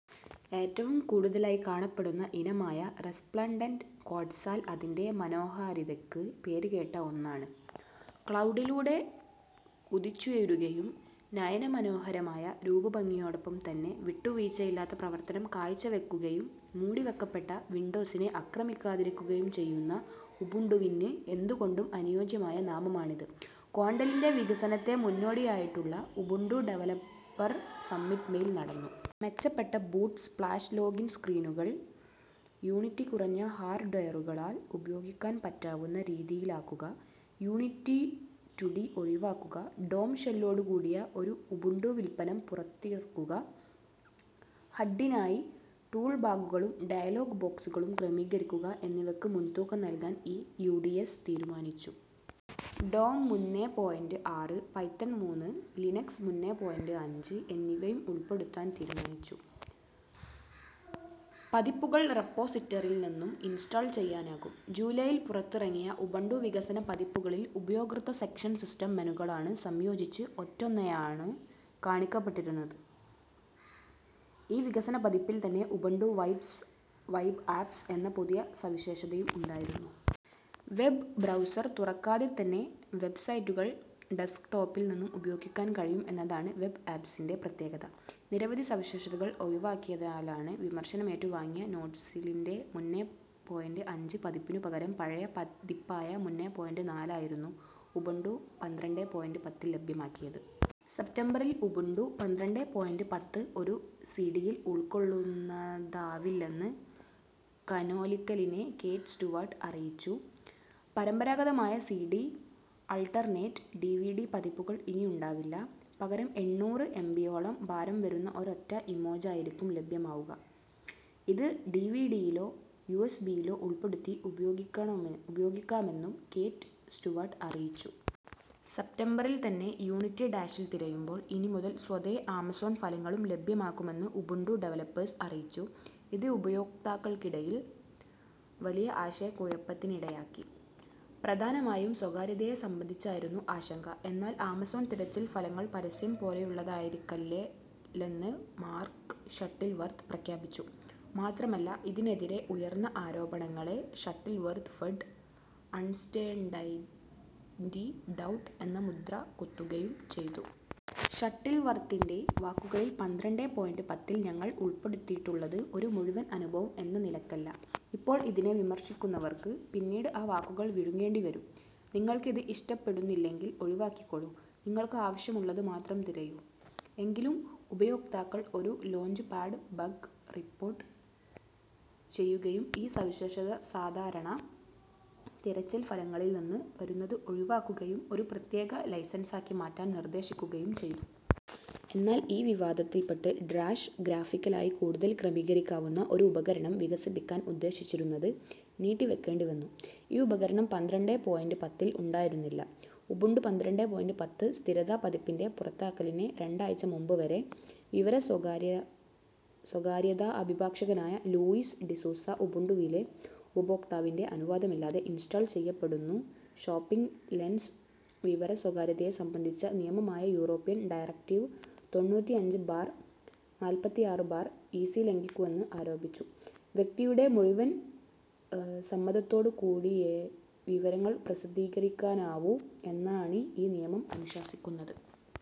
ഏറ്റവും കൂടുതലായി കാണപ്പെടുന്ന ഇനമായ റെസ്പ്ലെൻഡൻ്റ് ക്വട്സാൽ അതിൻ്റെ മനോഹാരിതക്ക് പേര് കേട്ട ഒന്നാണ്. ക്ലൗഡിലൂടെ കുതിച്ചുയരുകയും നയന മനോഹരമായ രൂപഭംഗിയോടൊപ്പം തന്നെ വിട്ടുവീഴ്ചയില്ലാത്ത പ്രവർത്തനം കാഴ്ചവെക്കുകയും മൂടിവെക്കപ്പെട്ട വിൻഡോസിനെ ആക്രമിക്കാതിരിക്കുകയും ചെയ്യുന്ന ഉബുണ്ടുവിന് എന്തുകൊണ്ടും അനുയോജ്യമായ നാമമാണിത്. ക്വാണ്ടലിൻ്റെ വികസനത്തിൻ്റെ മുന്നോടിയായുള്ള ഉബുണ്ടു ഡെവലപ്പർ സമ്മിറ്റ് മെയിൽ നടന്നു. മെച്ചപ്പെട്ട ബൂട്ട് സ്പ്ലാഷ് ലോഗിൻ സ്ക്രീനുകൾ, യൂണിറ്റി കുറഞ്ഞ ഹാർഡ്വെയറുകളാൽ ഉപയോഗിക്കാൻ പറ്റാവുന്ന രീതിയിലാക്കുക, യൂണിറ്റി റ്റുഡി ഒഴിവാക്കുക, ഡോൻ ഷെല്ലോടു കൂടിയ ഒരു ഉബുണ്ടുവുൽപന്നം പുറത്തിറക്കുക, ഹഡിനായി ടൂൾബാഗുകളും ഡയലോഗ് ബോക്സുകളും ക്രമീകരിക്കുക എന്നിവക്ക് മുൻതൂക്കം നൽകാൻ ഈ യു. ഡി. എസ് തീരുമാനിച്ചു. ടോം മൂന്നേ പോയിൻ്റ് ആറ്, പൈത്തൺ മൂന്ന്, ലിനക്സ് മൂന്നേ പോയിൻ്റ് അഞ്ച് എന്നിവയും ഉൾപ്പെടുത്താൻ തീരുമാനിച്ചു. പതിപ്പുകൾ റെപ്പോസിറ്ററിയിൽ നിന്ന് ഇൻസ്റ്റാൾ ചെയ്യാനാകും. ജൂലൈയിൽ പുറത്തിറങ്ങിയ ഉബുണ്ടു വികസന പതിപ്പുകളിൽ ഉപയോക്തൃ സെഷൻ സിസ്റ്റം മെനുകൾ സംയോജിച്ച് ഒറ്റൊന്നായാണ് കാണപ്പെട്ടിരുന്നത്. ഈ വികസന പതിപ്പിൽ തന്നെ ഉബുണ്ടു വൈബ്സ് വെബ് ആപ്സ് എന്ന പുതിയ സവിശേഷതയും ഉണ്ടായിരുന്നു. വെബ് ബ്രൗസർ തുറക്കാതെത്തന്നെ വെബ് സൈറ്റുകൾ ഡെസ്ക്ടോപ്പിൽ നിന്ന് ഉപയോഗിക്കാൻ കഴിയും എന്നതാണ് വെബ് ആപ്സിൻ്റെ പ്രത്യേകത. നിരവധി സവിശേഷതകൾ ഒഴിവാക്കിയതിനാൽ വിമർശനമേറ്റു വാങ്ങിയ നോട്ടിലസിൻ്റെ മൂന്നേ പോയിൻ്റ് അഞ്ച് പതിപ്പിനു പകരം പഴയ പതിപ്പായ മൂന്നേ പോയിൻ്റ് നാല് ആയിരുന്നു ഉബുണ്ടു പന്ത്രണ്ടേ പോയിൻ്റ് പത്തിൽ ലഭ്യമാക്കിയത്. സെപ്റ്റംബറിൽ ഉബുണ്ടു പന്ത്രണ്ടേ പോയിൻ്റ് പത്ത് ഒരു സിഡിയിൽ ഉൾക്കൊള്ളുന്നതാവില്ലെന്ന് കാനോനിക്കലിലെ കേറ്റ് സ്റ്റുവാർട്ട് അറിയിച്ചു. പരമ്പരാഗതമായ സിഡി, അൾട്ടർനേറ്റ്, ഡിവിഡി പതിപ്പുകൾ ഇനിയുണ്ടാവില്ല. പകരം എണ്ണൂറ് എംബിയോളം ഭാരം വരുന്ന ഒരൊറ്റ ഇമേജായിരിക്കും ലഭ്യമാവുക. ഇത് ഡിവിഡിയിലോ യുഎസ്ബിയിലോ ഉൾപ്പെടുത്തി ഉപയോഗിക്കാമെന്നും കേറ്റ് സ്റ്റുവാർട്ട് അറിയിച്ചു. സെപ്റ്റംബറിൽ തന്നെ യൂണിറ്റി ഡാഷിൽ തിരയുമ്പോൾ ഇനി മുതൽ സ്വതേ ആമസോൺ ഫലങ്ങളും ലഭ്യമാകുമെന്ന് ഉബുണ്ടു ഡെവലപ്പേഴ്സ് അറിയിച്ചു. ഇത് ഉപയോക്താക്കൾക്കിടയിൽ വലിയ ആശയക്കുഴപ്പത്തിനിടയാക്കി. പ്രധാനമായും സ്വകാര്യതയെ സംബന്ധിച്ചായിരുന്നു ആശങ്ക. എന്നാൽ ആമസോൺ തിരച്ചിൽ ഫലങ്ങൾ പരസ്യം പോലെയുള്ളതായിരിക്കല്ലെന്ന് മാർക്ക് ഷട്ടിൽവർത്ത് പ്രഖ്യാപിച്ചു. മാത്രമല്ല, ഇതിനെതിരെ ഉയർന്ന ആരോപണങ്ങളെ ഷട്ടിൽവർത്ത് ഫഡ്, അൺസേർടൈൻ്റി, ഡൗട്ട് എന്ന് മുദ്ര കുത്തുകയും ചെയ്തു. ഷട്ടിൽവർത്തിൻ്റെ വാക്കുകളിൽ "പന്ത്രണ്ടേ പോയിൻ്റ് പത്തിൽ ഞങ്ങൾ ഉൾപ്പെടുത്തിയിട്ടുള്ളത് ഒരു മുഴുവൻ അനുഭവം എന്ന നിലക്കല്ല, ഇപ്പോൾ ഇതിനെ വിമർശിക്കുന്നവർക്ക് പിന്നീട് ആ വാക്കുകൾ വിഴുങ്ങേണ്ടി വരും. നിങ്ങൾക്കിത് ഇഷ്ടപ്പെടുന്നില്ലെങ്കിൽ ഒഴിവാക്കിക്കോളൂ, നിങ്ങൾക്കാവശ്യമുള്ളത് മാത്രം തിരയൂ." എങ്കിലും ഉപയോക്താക്കൾ ഒരു ലോഞ്ച്പാഡ് ബഗ് റിപ്പോട്ട് ചെയ്യുകയും, ഈ സവിശേഷത സാധാരണ തിരച്ചിൽ ഫലങ്ങളിൽ നിന്ന് വരുന്നത് ഒഴിവാക്കുകയും ഒരു പ്രത്യേക ലെൻസാക്കി മാറ്റാൻ നിർദ്ദേശിക്കുകയും ചെയ്തു. എന്നാൽ ഈ വിവാദത്തിൽപ്പെട്ട് ഡാഷ് ഗ്രാഫിക്കലായി കൂടുതൽ ക്രമീകരിക്കാവുന്ന ഒരു ഉപകരണം വികസിപ്പിക്കാൻ ഉദ്ദേശിച്ചിരുന്നത് നീട്ടിവെക്കേണ്ടി വന്നു. ഈ ഉപകരണം പന്ത്രണ്ടേ പോയിൻ്റ് പത്തിൽ ഉണ്ടായിരുന്നില്ല. ഉബുണ്ടു പന്ത്രണ്ടേ പോയിൻ്റ് പത്ത് സ്ഥിരതാ പതിപ്പിൻ്റെ പുറത്തിറക്കലിന് രണ്ടാഴ്ച മുമ്പ്, വിവര സ്വകാര്യതാ അഭിഭാഷകനായ ലൂയിസ് ഡിസൂസ ഉബുണ്ടുവിലെ ഉപയോക്താവിൻ്റെ അനുവാദമില്ലാതെ ഇൻസ്റ്റാൾ ചെയ്യപ്പെടുന്ന ഷോപ്പിംഗ് ലെൻസ് വിവര സ്വകാര്യതയെ സംബന്ധിച്ച നിയമമായ യൂറോപ്യൻ ഡയറക്റ്റീവ് തൊണ്ണൂറ്റിഅഞ്ച് ബാർ നാല്പത്തിആറ് ബാർ ഈസി ലംഘിക്കുന്നുവെന്ന് ആരോപിച്ചു. വ്യക്തിയുടെ മുഴുവൻ സമ്മതത്തോടെയേ വിവരങ്ങൾ പ്രസിദ്ധപ്പെടുത്താവൂ എന്നാണീ നിയമം അനുശാസിക്കുന്നത്.